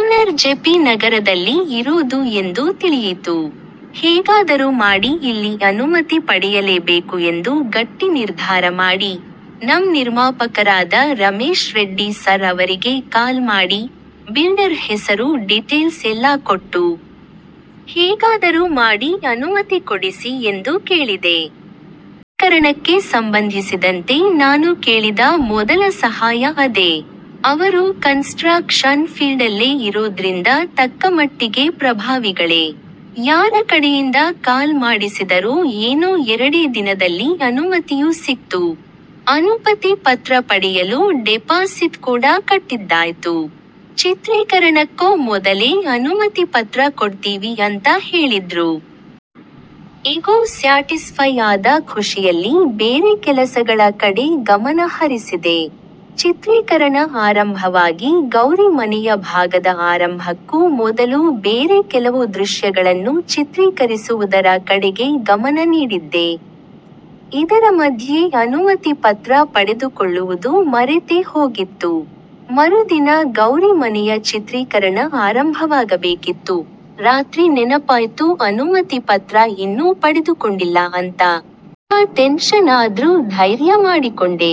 Owner J P ನಗರದಲ್ಲಿ ಇರೋದು ಎಂದು ತಿಳಿಯಿತು. ಹೇಗಾದರು ಮಾಡಿ ಇಲ್ಲಿ ಅನುಮತಿ ಪಡೆಯಲೇಬೇಕು ಎಂದು ಗಟ್ಟಿ ನಿರ್ಧಾರ ಮಾಡಿ, ನಮ್ ನಿರ್ಮಾಪಕರಾದ ರಮೇಶ್ ರೆಡ್ಡಿ ಸರ್ ಅವರಿಗೆ ಕಾಲ್ ಮಾಡಿ, ಬಿಲ್ಡರ್ ಹೆಸರು ಡಿಟೇಲ್ಸ್ ಎಲ್ಲಾ ಕೊಟ್ಟು, ಹೇಗಾದರು ಮಾಡಿ ಅನುಮತಿ ಕೊಡಿಸಿ ಎಂದು ಕೇಳಿದೆ. ಚಿತ್ರೀಕರಣಕ್ಕೆ ಸಂಬಂಧಿಸಿದಂತೆ ನಾನು ಕೇಳಿದ ಮೊದಲ ಸಹಾಯ ಅದೇ. ಅವರು ಕನ್ಸ್ಟ್ರ ಕ್ಷನ್ ಫೀಲ್ಡಲ್ಲೇ ಇರೋದ್ರಿಂದ ತಕ್ಕಮಟ್ಟಿಗೆ ಪ್ರಭಾವಿಗಳೇ. ಯಾರ ಕಡೆಯಿಂದ ಕಾಲ್ ಮಾಡಿಸಿದರೋ ಏನೋ ಎರಡೇ ದಿನದಲ್ಲಿ ಅನುಮತಿಯೂ ಸಿಕ್ತು, ಅನುಪತಿ ಪತ್ರ ಪಡೆಯಲು ಡೆಪಾಸಿಟ್ ಕೂಡ ಕಟ್ಟಿದ್ದಾಯ್ತು. ಚಿತ್ರೀಕರಣಕ್ಕೊ ಮೊದಲೇ ಅನುಮತಿ ಪತ್ರ ಕೊಡ್ತೀವಿ ಅಂತ ಹೇಳಿದ್ರು. ಇಗೋ ಸ್ಯಾಟಿಸ್ಫೈ ಆದ ಖುಷಿಯಲ್ಲಿ ಬೇರೆ ಕೆಲಸಗಳ ಕಡೆ ಗಮನ ಹರಿಸಿದೆ. ಚಿತ್ರೀಕರಣ ಆರಂಭವಾಗಿ ಗೌರಿ ಮನೆಯ ಭಾಗದ ಆರಂಭಕ್ಕೂ ಮೊದಲು ಬೇರೆ ಕೆಲವು ದೃಶ್ಯಗಳನ್ನು ಚಿತ್ರೀಕರಿಸುವುದರ ಕಡೆಗೆ ಗಮನ ನೀಡಿದ್ದೆ. ಇದರ ಮಧ್ಯೆ ಅನುಮತಿ ಪತ್ರ ಪಡೆದುಕೊಳ್ಳುವುದು ಮರೆತೇ ಹೋಗಿತ್ತು. ಮರುದಿನ ಗೌರಿ ಮನೆಯ ಚಿತ್ರೀಕರಣ ಆರಂಭವಾಗಬೇಕಿತ್ತು, ರಾತ್ರಿ ನೆನಪಾಯ್ತು ಅನುಮತಿ ಪತ್ರ ಇನ್ನೂ ಪಡೆದುಕೊಂಡಿಲ್ಲಾ ಅಂತ. ಸ್ವಲ್ಪ ಟೆನ್ಷನ್ ಆದ್ರು ಧೈರ್ಯ ಮಾಡಿಕೊಂಡೆ.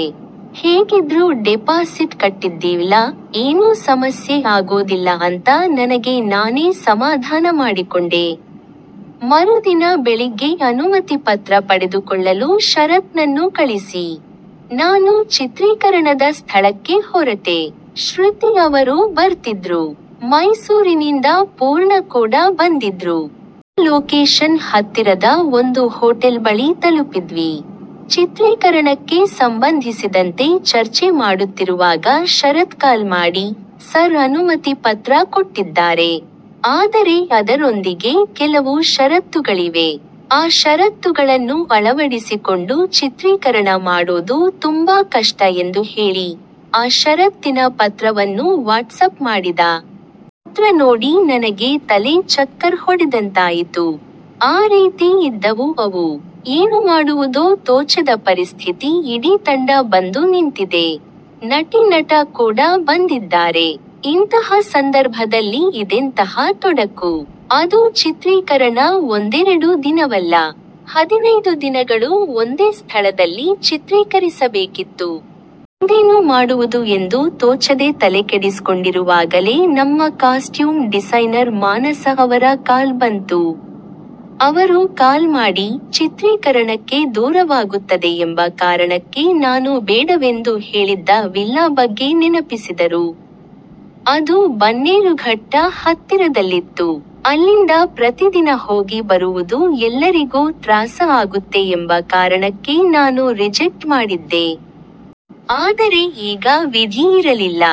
ಹೇಗಿದ್ರು ಡೆಪಾಸಿಟ್ ಕಟ್ಟಿದ್ದೀವಲ್ಲಾ, ಏನೂ ಸಮಸ್ಯೆ ಆಗೋದಿಲ್ಲ ಅಂತ ನನಗೆ ನಾನೇ ಸಮಾಧಾನ ಮಾಡಿಕೊಂಡೆ. ಮರುದಿನ ಬೆಳಿಗ್ಗೆ ಅನುಮತಿ ಪತ್ರ ಪಡೆದುಕೊಳ್ಳಲು ಶರತ್ನನ್ನು ಕಳಿಸಿ, ನಾನು ಚಿತ್ರೀಕರಣದ ಸ್ಥಳಕ್ಕೆ ಹೊರಟೆ. ಶೃತಿ ಅವರೂ ಬರ್ತಿದ್ರು. ಮೈಸೂರಿನಿಂದ ಪೂರ್ಣ ಕೂಡ ಬಂದಿದ್ರು. ಎಲ್ಲಾ ಲೋಕೇಶನ್ ಹತ್ತಿರದ ಒಂದು ಹೋಟೆಲ್ ಬಳಿ ತಲುಪಿದ್ವಿ. ಚಿತ್ರೀಕರಣಕ್ಕೆ ಸಂಬಂಧಿಸಿದಂತೆ ಚರ್ಚೆ ಮಾಡುತ್ತಿರುವಾಗ ಶರತ್ಕಾಲ್ ಮಾಡಿ, ಸರ್ ಅನುಮತಿ ಪತ್ರ ಕೊಟ್ಟಿದ್ದಾರೆ. ಆದರೆ ಅದರೊಂದಿಗೆ ಕೆಲವು ಶರತ್ತುಗಳಿವೆ. ಆ ಶರತ್ತುಗಳನ್ನು ಅಳವಡಿಸಿಕೊಂಡು ಚಿತ್ರೀಕರಣ ಮಾಡೋದು ತುಂಬಾ ಕಷ್ಟ ಎಂದು ಹೇಳಿ, ಆ ಶರತ್ತಿನ ಪತ್ರವನ್ನು ವಾಟ್ಸಪ್ ಮಾಡಿದ. ಆ ಪತ್ರ ನೋಡಿ ನನಗೆ ತಲೆ ಚಕ್ಕರ್ ಹೊಡೆದಂತಾಯಿತು. ಆ ರೀತಿ ಇದ್ದವು ಅವು. ಏನು ಮಾಡುವುದೋ ತೋಚದ ಪರಿಸ್ಥಿತಿ ಇಡೀ ತಂಡ ಬಂದು ನಿಂತಿದೆ. ನಟಿ-ನಟ ಕೂಡ ಬಂದಿದ್ದಾರೆ. ಇಂತಹ ಸಂದರ್ಭದಲ್ಲಿ ಇದೆಂತಹ ತೊಡಕು. ಅದೂ ಚಿತ್ರೀಕರಣ ಒಂದೆರೆಡು ದಿನವಲ್ಲಾ. ಹದಿನೈದು ದಿನಗಳು ಒಂದೇ ಸ್ಥಳದಲ್ಲಿ ಚಿತ್ರೀಕರಿಸಬೇಕಿತ್ತು. ಮುಂದೇನು ಮಾಡುವುದು ಎಂದು ತೋಚದೆ ತಲೆಕೆಡಿಸ್ಕೊಂಡಿರುವಾಗಲೇ ನಮ್ಮ ಕಾಸ್ಟ್ಯೂಮ್ ಡಿಸೈನರ್ ಮಾನಸ ಅವರ ಕಾಲ್ ಬಂತು. ಅವರು ಕಾಲ್ ಮಾಡಿ, ಚಿತ್ರೀಕರಣಕ್ಕೆ ದೂರವಾಗುತ್ತದೆ ಎಂಬ ಕಾರಣಕ್ಕೆ ನಾನು ಬೇಡವೆಂದು ಹೇಳಿದ್ದ ವಿಲ್ಲಾ ಬಗ್ಗೆ ನೆನಪಿಸಿದರು. ಅದು ಬನ್ನೇರುಘಟ್ಟ ಹತ್ತಿರದಲ್ಲಿತ್ತು. ಅಲ್ಲಿಂದ ಪ್ರತಿದಿನ ಹೋಗಿ ಬರುವುದು ಎಲ್ಲರಿಗು ತ್ರಾಸ ಆಗುತ್ತೆ ಎಂಬ ಕಾರಣಕ್ಕೆ ನಾನು ರಿಜೆಕ್ಟ್ ಮಾಡಿದ್ದೆ. ಆದರೆ ಈಗ ವಿಧಿ ಇರಲಿಲ್ಲ.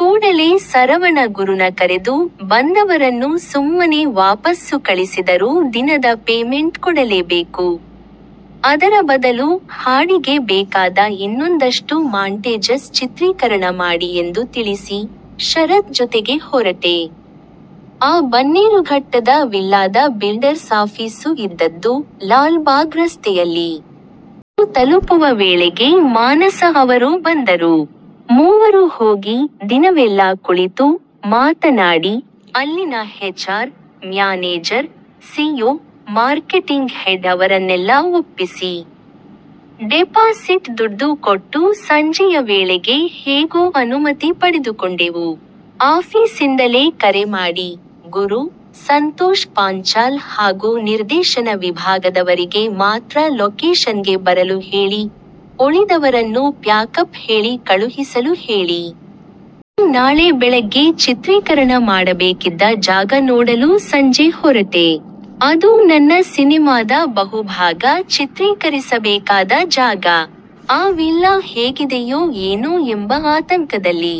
ಕೂಡಲೇ ಸರವಣ ಗುರುನ ಕರೆದು, ಬಂದವರನ್ನು ಸುಮ್ಮನೆ ವಾಪಸ್ಸು ಕಳಿಸಿದರೂ ದಿನದ ಪೇಮೆಂಟ್ ಕೊಡಲೇಬೇಕು. ಅದರ ಬದಲು, ಹಾಡಿಗೆ ಬೇಕಾದ ಇನ್ನೊಂದಷ್ಟು ಮಾಂಟೇಜಸ್ ಚಿತ್ರೀಕರಣ ಮಾಡಿ ಎಂದು ತಿಳಿಸಿ, ಶರತ್ ಜೊತೆಗೆ ಹೊರಟೆ, ಆ ಬನ್ನೇರುಘಟ್ಟದ ವಿಲ್ಲಾದ ಬಿಲ್ಡರ್ಸ್ ಆಫೀಸು ಇದ್ದದ್ದು, ಲಾಲ್ ಬಾಗ್ ರಸ್ತೆಯಲ್ಲಿ. ನಾವು ತಲುಪುವ ವೇಳೆಗೆ ಮಾನಸ ಅವರೂ ಬಂದರು. ಮೂವರೂ ಹೋಗಿ, ದಿನವೆಲ್ಲಾ ಕುಳಿತು, ಮಾತನಾಡಿ, ಅಲ್ಲಿನ H R, manager, CEO, marketing head ಅವರನ್ನೆಲ್ಲಾ ಒಪ್ಪಿಸಿ, ಡೆಪಾಸಿಟ್ ದುಡ್ದು ಕೊಟ್ಟು ಸಂಜೆಯ ವೇಳೆಗೆ ಹೇಗೋ ಅನುಮತಿ ಪಡೆದುಕೊಂಡೆವು. ಆಫೀಸಿಂದಲೇ ಕರೆ ಮಾಡಿ, ಗುರು, ಸಂತೋಷ್ ಪಾಂಚಾಲ್ ಹಾಗೂ ನಿರ್ದೇಶನ ವಿಭಾಗದವರಿಗೆ ಮಾತ್ರ ಲೊಕೇಷನ್ಗೆ ಬರಲು ಹೇಳಿ, ಉಳಿದವರನ್ನು ಪ್ಯಾಕಪ್ ಹೇಳಿ ಕಳುಹಿಸಲು ಹೇಳಿ. ನಾನು ನಾಳೆ ಬೆಳಗ್ಗೆ ಚಿತ್ರೀಕರಣ ಮಾಡಬೇಕಿದ್ದ ಜಾಗ ನೋಡಲು ಸಂಜೆ ಹೊರಟೆ. ಅದೂ ನನ್ನ ಸಿನೆಮಾದ ಬಹುಭಾಗ ಚಿತ್ರೀಕರಿಸಬೇಕಾದ ಜಾಗ. ಆ ವಿಲ್ಲಾ ಹೇಗಿದೆಯೋ ಏನೋ ಎಂಬ ಆತಂಕದಲ್ಲಿ.